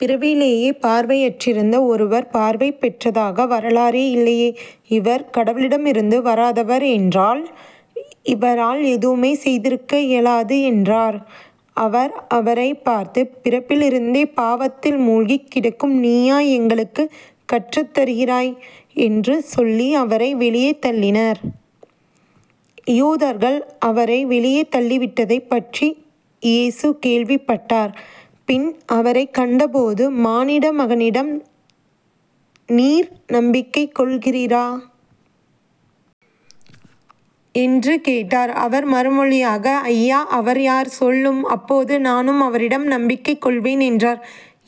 பிறவிலேயே பார்வையற்றிருந்த ஒருவர் பார்வை பெற்றதாக வரலாறே இல்லையே. இவர் கடவுளிடமிருந்து வராதவர் என்றால் இவரால் எதுவுமே செய்திருக்க இயலாது என்றார். அவர் அவரைப் பார்த்து பிறப்பிலிருந்தே பாவத்தில் மூழ்கிக் கிடக்கும் நீயா எங்களுக்குக் கற்றுத் தருகிறாய்? என்று சொல்லி அவரை வெளியே தள்ளினர். யூதர்கள் அவரை வெளியே தள்ளிவிட்டதைப்பற்றி இயேசு கேள்விப்பட்டார் பின் அவரைக் கண்டபோது மானிடமகனிடம் நீர் நம்பிக்கை கொள்கிறீரா? என்று கேட்டார். அவர் மறுமொழியாக ஐயா அவர் யார்? சொல்லும். அப்போது நானும் அவரிடம் நம்பிக்கை கொள்வேன் என்றார்.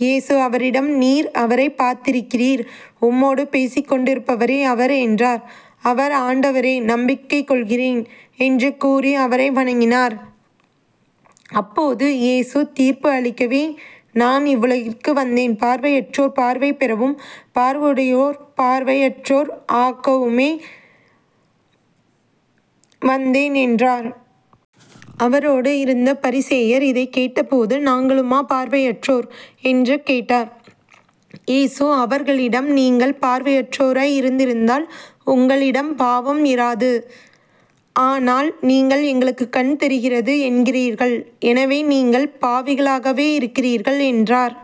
இயேசு அவரிடம் நீர் அவரைப் பார்த்திருக்கிறீர். உம்மோடு பேசிக்கொண்டிருப்பவரே அவர் என்றார். அவர் ஆண்டவரே நம்பிக்கைகொள்கிறேன் என்று கூறி அவரை வணங்கினார். அப்போது இயேசு தீர்ப்பு அளிக்கவே நான் இவ்வுலகிற்கு வந்தேன் பார்வையற்றோர் பார்வை பெறவும் பார்வையுடையோர் பார்வையற்றோர் ஆக்கவுமே வந்தேன் என்றார். அவரோடு இருந்த பரிசேயர் இதைக் கேட்டபோது நாங்களுமா பார்வையற்றோர்? என்று கேட்டார். இயேசு அவர்களிடம் நீங்கள் பார்வையற்றோராய் இருந்திருந்தால் உங்களிடம் பாவம் இராது. ஆனால் நீங்கள் எங்களுக்குக் கண் தெரிகிறது என்கிறீர்கள். எனவே நீங்கள் பாவிகளாகவே இருக்கிறீர்கள் என்றார்.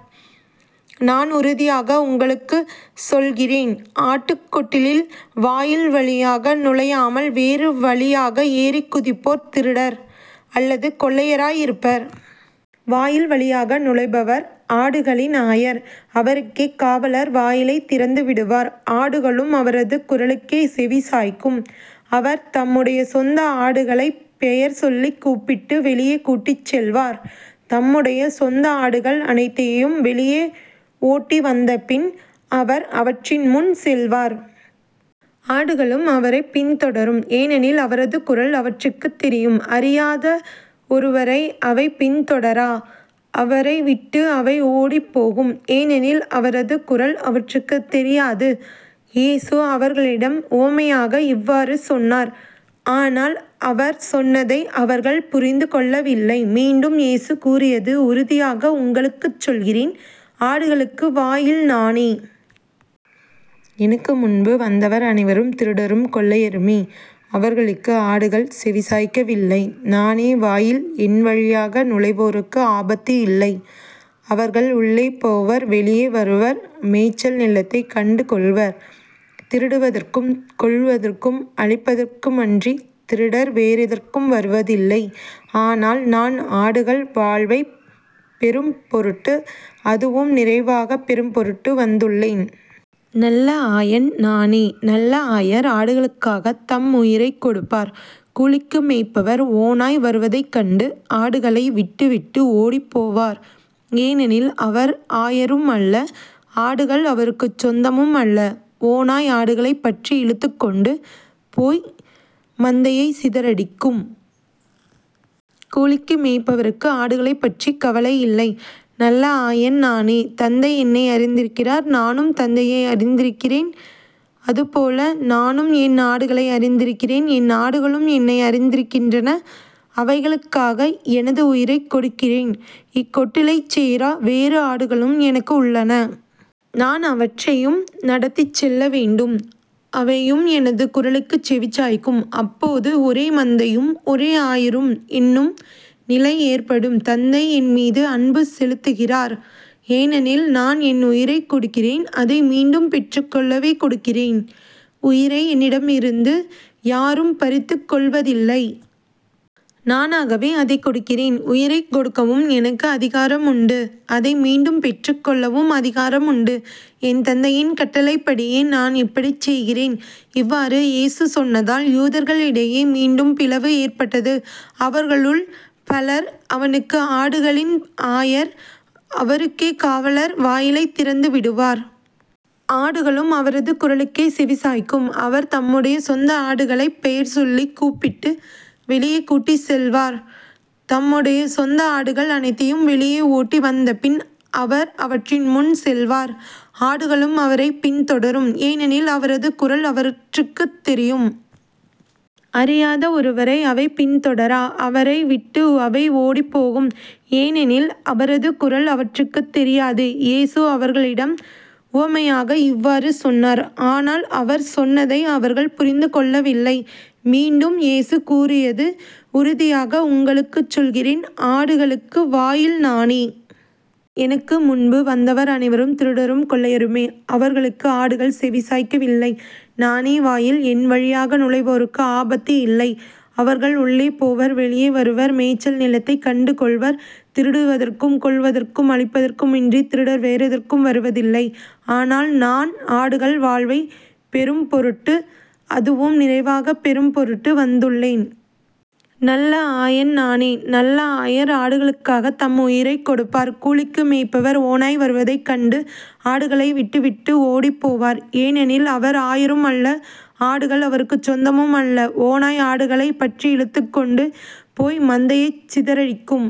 நான் உறுதியாக உங்களுக்குச் சொல்கிறேன் ஆட்டுக் கொட்டிலில் வாயில் வழியாக நுழையாமல் வேறு வழியாக ஏறிக் குதிப்போர் திருடர் அல்லது கொள்ளையராய் இருப்பர். வாயில் வழியாக நுழைபவர் ஆடுகளின் ஆயர். அவருக்கே காவலர் வாயிலைத் திறந்துவிடுவார். ஆடுகளும் அவரது குரலுக்கே செவிசாய்க்கும். அவர் தம்முடைய சொந்த ஆடுகளைப் பெயர் சொல்லிக் கூப்பிட்டு வெளியே கூட்டிச் செல்வார். தம்முடைய சொந்த ஆடுகள் அனைத்தையும் வெளியே ஓட்டி வந்தபின் அவர் அவற்றின் முன் செல்வார். ஆடுகளும் அவரைப் பின்தொடரும். ஏனெனில் அவரது குரல் அவற்றுக்குத் தெரியும். அறியாத ஒருவரை அவை பின்தொடரா. அவரை விட்டு அவை ஓடிப்போகும். ஏனெனில் அவரது குரல் அவற்றுக்குத் தெரியாது. இயேசு அவர்களிடம் உவமையாக இவ்வாறு சொன்னார். ஆனால் அவர் சொன்னதை அவர்கள் புரிந்து கொள்ளவில்லை. மீண்டும் இயேசு கூறியது உறுதியாக உங்களுக்குச் சொல்கிறேன் ஆடுகளுக்கு வாயில் நானே. எனக்கு முன்பு வந்தவர் அனைவரும் திருடரும் கொள்ளையருமே. அவர்களுக்கு ஆடுகள் செவிசாய்க்கவில்லை. நானே வாயில். என் வழியாக நுழைவோருக்கு ஆபத்து இல்லை. அவர்கள் உள்ளே போவர் வெளியே வருவர் மேய்ச்சல் நிலத்தைக் கண்டுகொள்வர். திருடுவதற்கும் கொல்வதற்கும் அழிப்பதற்குமன்றித் திருடர் வேறெதற்கும் வருவதில்லை. ஆனால் நான் ஆடுகள் வாழ்வைப் பெறும்பொருட்டு அதுவும் நிறைவாகப் பெறும் பொருட்டு வந்துள்ளேன். நல்ல ஆயன் நானே. நல்ல ஆயர் ஆடுகளுக்காகத் தம் உயிரைக் கொடுப்பார். "கூலிக்கு மேய்ப்பவர் ஓநாய் வருவதைக் கண்டு ஆடுகளை விட்டு விட்டு ஓடிப்போவார். ஏனெனில் அவர் ஆயரும் அல்ல ஆடுகள் அவருக்குச் சொந்தமும் அல்ல ஓநாய் ஆடுகளைப் பற்றிப் இழுத்துக்கொண்டு போய் மந்தையைச் சிதறடிக்கும். கூலிக்கு மேய்ப்பவருக்கு ஆடுகளைப்பற்றி கவலை இல்லை. நல்ல ஆயன் நானே. தந்தை என்னை அறிந்திருக்கிறார் நானும் தந்தையை அறிந்திருக்கிறேன். அதுபோல நானும் என் ஆடுகளை அறிந்திருக்கிறேன் என் ஆடுகளும் என்னை அறிந்திருக்கின்றன. அவைகளுக்காக எனது உயிரைக் கொடுக்கிறேன். இக்கொட்டிலைச் சேரா வேறு ஆடுகளும் எனக்கு உள்ளன. நான் அவற்றையும் நடத்திச் செல்லவேண்டும். அவையும் எனது குரலுக்குச் செவி சாய்க்கும். அப்போது ஒரே மந்தையும் ஒரே ஆயரும் என்னும் நிலை ஏற்படும். தந்தை என்மீது அன்பு செலுத்துகிறார். ஏனெனில் நான் என் உயிரைக் கொடுக்கிறேன் அதை மீண்டும் பெற்றுக்கொள்ளவே கொடுக்கிறேன். உயிரை என்னிடமிருந்து யாரும் பறித்துக் கொள்வதில்லை. நானாகவே அதைக் கொடுக்கிறேன். உயிரைக் கொடுக்கவும் எனக்கு அதிகாரம் உண்டு அதை மீண்டும் பெற்றுக் கொள்ளவும் அதிகாரம் உண்டு. என் தந்தையின் கட்டளைப்படியே நான் இப்படிச் செய்கிறேன். இவ்வாறு இயேசு சொன்னதால் யூதர்களிடையே மீண்டும் பிளவு ஏற்பட்டது. அவர்களுள் பலர் அவனுக்குப் ஆடுகளின் ஆயர். அவருக்கே காவலர் வாயிலைத் திறந்துவிடுவார். ஆடுகளும் அவரது குரலுக்கே செவிசாய்க்கும். அவர் தம்முடைய சொந்த ஆடுகளைப் பெயர் சொல்லிக் கூப்பிட்டு வெளியே கூட்டிச் செல்வார். தம்முடைய சொந்த ஆடுகள் அனைத்தையும் வெளியே ஓட்டி வந்தபின் அவர் அவற்றின் முன் செல்வார். ஆடுகளும் அவரைப் பின்தொடரும். ஏனெனில் அவரது குரல் அவற்றுக்குத் தெரியும். அறியாத ஒருவரை அவை பின்தொடரா. அவரை விட்டு அவை ஓடிப்போகும். ஏனெனில் அவரது குரல் அவற்றுக்குத் தெரியாது. இயேசு அவர்களிடம் உவமையாக இவ்வாறு சொன்னார். ஆனால் அவர் சொன்னதை அவர்கள் புரிந்து கொள்ளவில்லை. மீண்டும் இயேசு கூறியது உறுதியாக உங்களுக்குச் சொல்கிறேன் ஆடுகளுக்கு வாயில் நானே. எனக்கு முன்பு வந்தவர் அனைவரும் திருடரும் கொள்ளையருமே. அவர்களுக்கு ஆடுகள் செவிசாய்க்கவில்லை. நானே வாயில். என் வழியாக நுழைவோருக்கு ஆபத்து இல்லை. அவர்கள் உள்ளே போவர் வெளியே வருவர் மேய்ச்சல் நிலத்தைக் கண்டுகொள்வர். திருடுவதற்கும் கொல்வதற்கும் அழிப்பதற்குமன்றித் திருடர் வேறெதற்கும் வருவதில்லை. ஆனால் நான் ஆடுகள் வாழ்வைப் பெறும்பொருட்டு அதுவும் நிறைவாகப் பெறும் பொருட்டு வந்துள்ளேன். நல்ல ஆயன் நானே. நல்ல ஆயர் ஆடுகளுக்காகத் தம் உயிரைக் கொடுப்பார். "கூலிக்கு மேய்ப்பவர் ஓநாய் வருவதைக் கண்டு ஆடுகளை விட்டு விட்டு ஓடிப்போவார். ஏனெனில் அவர் ஆயரும் அல்ல ஆடுகள் அவருக்குச் சொந்தமும் அல்ல ஓநாய் ஆடுகளைப் பற்றிப் இழுத்துக்கொண்டு போய் மந்தையைச் சிதறடிக்கும்.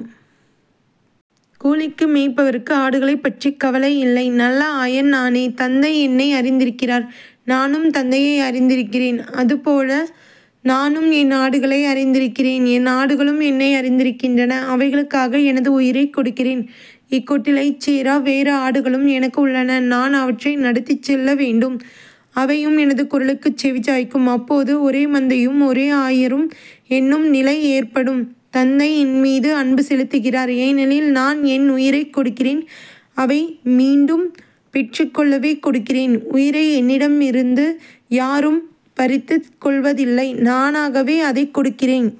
கூலிக்கு மேய்ப்பவருக்கு ஆடுகளைப்பற்றி கவலை இல்லை. நல்ல ஆயன் நானே. தந்தை என்னை அறிந்திருக்கிறார் நானும் தந்தையை அறிந்திருக்கிறேன். அதுபோல நானும் என் ஆடுகளை அறிந்திருக்கிறேன் என் ஆடுகளும் என்னை அறிந்திருக்கின்றன. அவைகளுக்காக எனது உயிரைக் கொடுக்கிறேன். இக்கொட்டிலைச் சேரா வேறு ஆடுகளும் எனக்கு உள்ளன. நான் அவற்றையும் நடத்திச் செல்லவேண்டும். அவையும் எனது குரலுக்குச் செவி சாய்க்கும். அப்போது ஒரே மந்தையும் ஒரே ஆயரும் என்னும் நிலை ஏற்படும். தந்தை என்மீது அன்பு செலுத்துகிறார். ஏனெனில் நான் என் உயிரைக் கொடுக்கிறேன் அவை மீண்டும் பெற்றுக்கொள்ளவே கொடுக்கிறேன். உயிரை என்னிடமிருந்து யாரும் பறித்துக் கொள்வதில்லை. நானாகவே அதைக் கொடுக்கிறேன்.